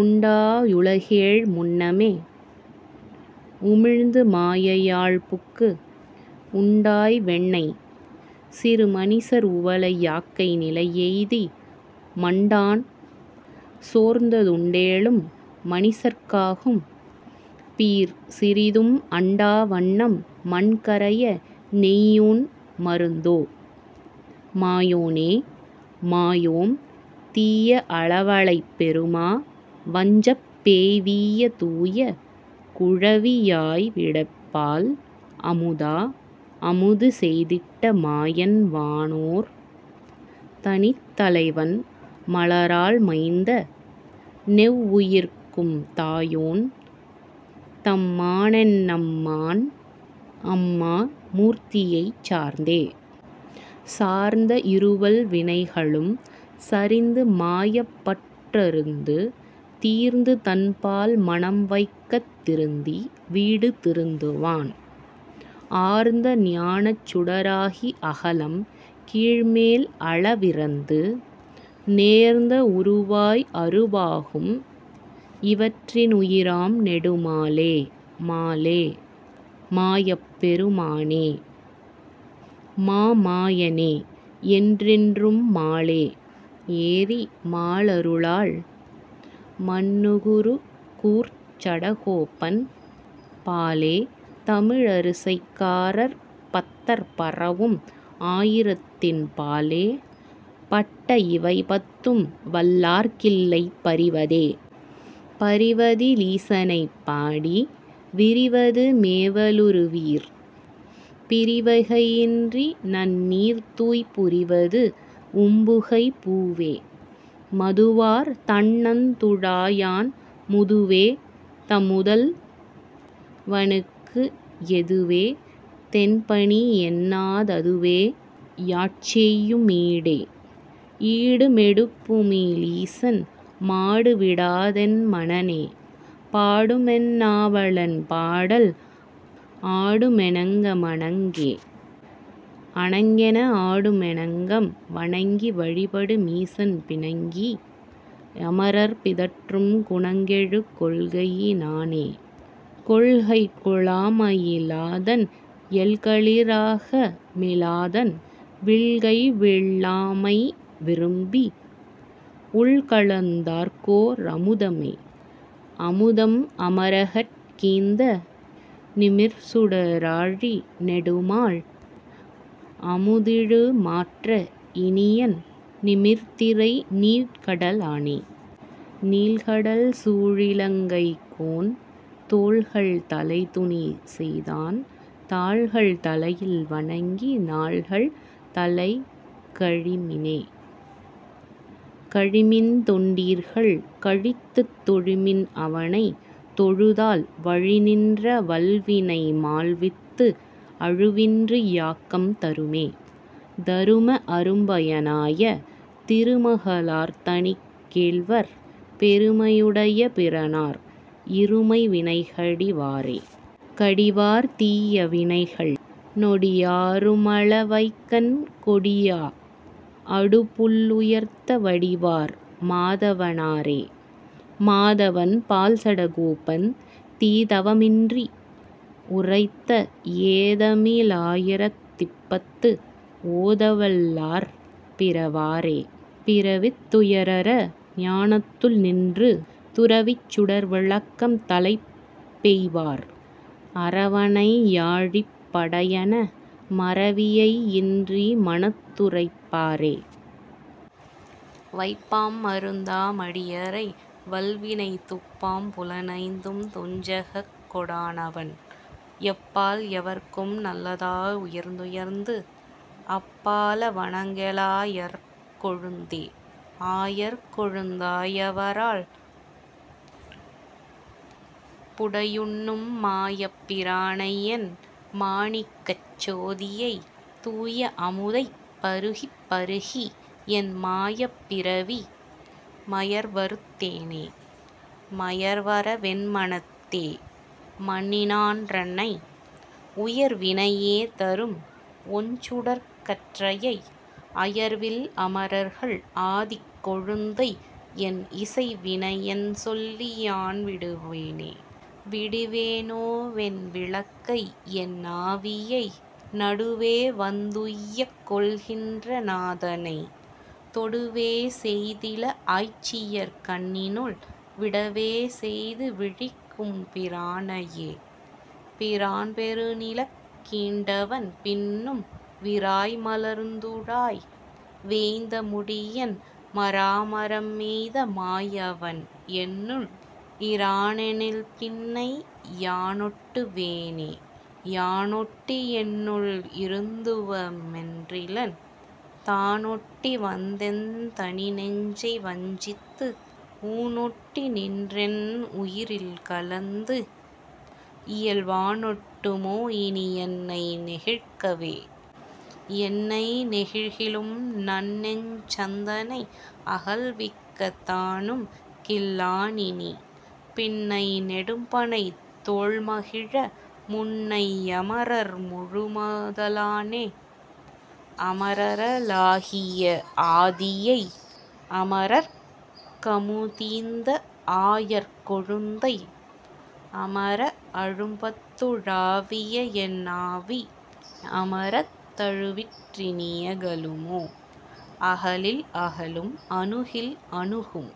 உண்டா யுலகேழ் முன்னமே, உமிழ்ந்து மாயை யால்புக்கு உண்டாய் வெண்ணெய் சிறுமனிசர் உவலை யாக்கை நிலையெய்தி மண்டான் சோர்ந்த துண்டேலும் மனிசர்க் காகும் பீர் சிறிதும் அண்டா வண்ணம் மண்கரைய நெய்யூண் மருந்தோ? மாயோனே.. மாயோம் தீய அலவலைப் பெருமா வஞ்சப் பேய்வீய தூய குழவி யாய்விடப்பால் அமுதா அமுது செய்திட்ட மாயன் வானோர் தனித்தலைவன் மலராள் மைந்த னெவ்வுயிர்க்கும் தாயோன் தம்மா னென்னம்மான் அம்மா மூர்த்தி யைச்சார்ந்தே.. சார்ந்த இருவல் வினைகளும் சரித்து மாயப் பற்றறுத்து தீர்ந்து தன்பால் மனம்வைக்கத் திருத்தி வீடு திருத்துவான், ஆர்ந்த ஞானச் சுடராகி அகலம் கீழ்மேல் அளவிறந்து, நேர்ந்த வுருவாய் அருவாகும் இவற்றி னுயிராம் நெடுமாலே. மாலே. மாயப் பெருமானே. மாமா யனே. என்றென்று மாலே யேறி மாலருளால் மன்னு குருகூர்ச் சடகோபன் பாலேய் தமிழ ரிசைகாரர் பத்தர் பரவும் ஆயிரத்தின் பாலே பட்ட இவைபத்தும் வல்லார்க் கில்லை பரிவதே. பரிவதி லீசனைப் பாடி விரிவது மேவ லுறுவீர். பிரிவகை யின்றிநன் னீர்தூய் புரிவது வும்புகை பூவே.. மதுவார் தண்ணந் துழாயான் முதுவே தமுதல் வனுக்கு எதுவே தென்பணி என்னா ததுவே யாட்செய்யு மீடே.. ஈடு மெடுப்புமி லீசன் மாடு விடாதென் மனனே பாடுமென் நாவலன் பாடல் ஆடுமெ னங்கம ணங்கே.. அணங்கென ஆடுமெ னங்கம் வணங்கி வழிபடு மீசன் பிணங்கி யமரர் பிதற்றும் குணங்கெழு கொள்கையி னானே.. கொள்கைகொ ளாமையி லாதான் எள்கலி ராகமி லாதான் விள்கைவிள் ளாமைவி ரும்பி உள்கலந் தார்க்கோ ரமுதே.. அமுதம் அமரகட் கீந்த நிமிர்சுட ராழி நெடுமால் அமுதிலு மாற்ற இனியன் நிமிர்திரை நீள்கட லானே.. நீள்கடல் சூழிலங் கைக்கோன் தோள்கள் தலைதுணி செய்தான் தாள்கள் தலையில் வணங்கி நாள்கள் தலைக்க ழிமினே.. கழிமின்தொண் டீர்கள் கழித்துத் தொழுமின் அவனைத் தொழுதால் வழிநின்ற வல்வினை மாள்வித்து அழிவின்றி யாக்கம் தருமே.. தரும அரும்பய னாய திருமக ளார்தனிக் கேள்வர், பெருமை யுடைய பிரானார், இருமை வினைகடி வாரே.. கடிவார் தீய வினைகள் நொடியா ருமள வைக்கண் கொடியா அடுபுள் ளுயர்த்த வடிவார் மாதவ னாரே. மாதவன் பால்சட கோபன் தீதவ மின்றி யுரைத்த ஏதமி லாயிரத் திப்பத்து ஓதவல் லார்பிற வாரே. பிறவித்துயரற ஞானத்துள்நின்று, துறவிச்சுடர்விளக்கம் தலைப்பெய்வார், அறவனை யாழிப் படையந, மறவியை யின்றி மனத்துவைப் பாரே.. வைப்பாம்மருந்தா மடியரை, வல்வினைத் துப்பாம் புலனைந்தும் துஞ்சக கொடானவன், எப்பால் யவர்க்கும் நலத்தா லுயர்ந்துயர்ந்து, அப்பால வனெங்க ளாயர் கொழுந்தே.. ஆயர் கொழுந்தா யவரால் புடையுண்ணும், மாயப் பிரானையென் மாணிக்கச் சோதியை, தூய அமுதைப் பருகிப்பருகி, என் மாயப் பிறவி மயர்வறுத் தேனே.. மயர்வறவென்மனத்தே மன்னினான் றன்னை, உயர்வினை யேதரும் ஒண்சுடர்க் கற்றையை, அயர்வில் அமரர்கள் ஆதிக்கொழுந்தை, என் இசைவினையென்சொல்லி யான்விடுவேனே.. விடுவேனோவென் விளக்கைஎன்னாவியை, நடுவேவந்துய்யக் கொள்கின்றநாதனை, தொடுவேசெய்திள ஆய்ச்சியர்க்கண்ணினுள், விடவேசெய்து விழிக்கும்பிரானையே.. பிரான்பெருநிலங் கீண்டவன், பின்னும் விராய்மலர்த்துழாய் வேய்ந்தமுடியன், மராமரமெய்த மாயவன், என்னுள் இரானெனில்பின்னை யானொட்டுவேனோ.. யானொட்டியென்னுள் இருத்துவ மென்றிலன், தானொட்டி வந்தென் தனிநெஞ்சை வஞ்சித்து, ஊனொட்டி நின்றென் உயிரில் கலந்து, இயல் வானொட்டு மோஇனி யென்னை நெகிழ்க்கவே.. என்னை நெகிழ்க்கிலும் நன்னெஞ்சந் தன்னை, அகல்விக்கத் தானும்கில்லானினி, பின்னை நெடும்பணைத் தோள்மகிழ, முன்னை யமரர் முழுமுத லானே.. அமரர லாகிய ஆதியை, அமரர்க் கமுதீந்த ஆயர் கொழுந்தை, அமர அழும்பத் துழாவியென் னாவி, அமரர்த் தழுவிற் றினிய கலுமோ.. அகலில் அகலும் அணுகில் அணுகும்,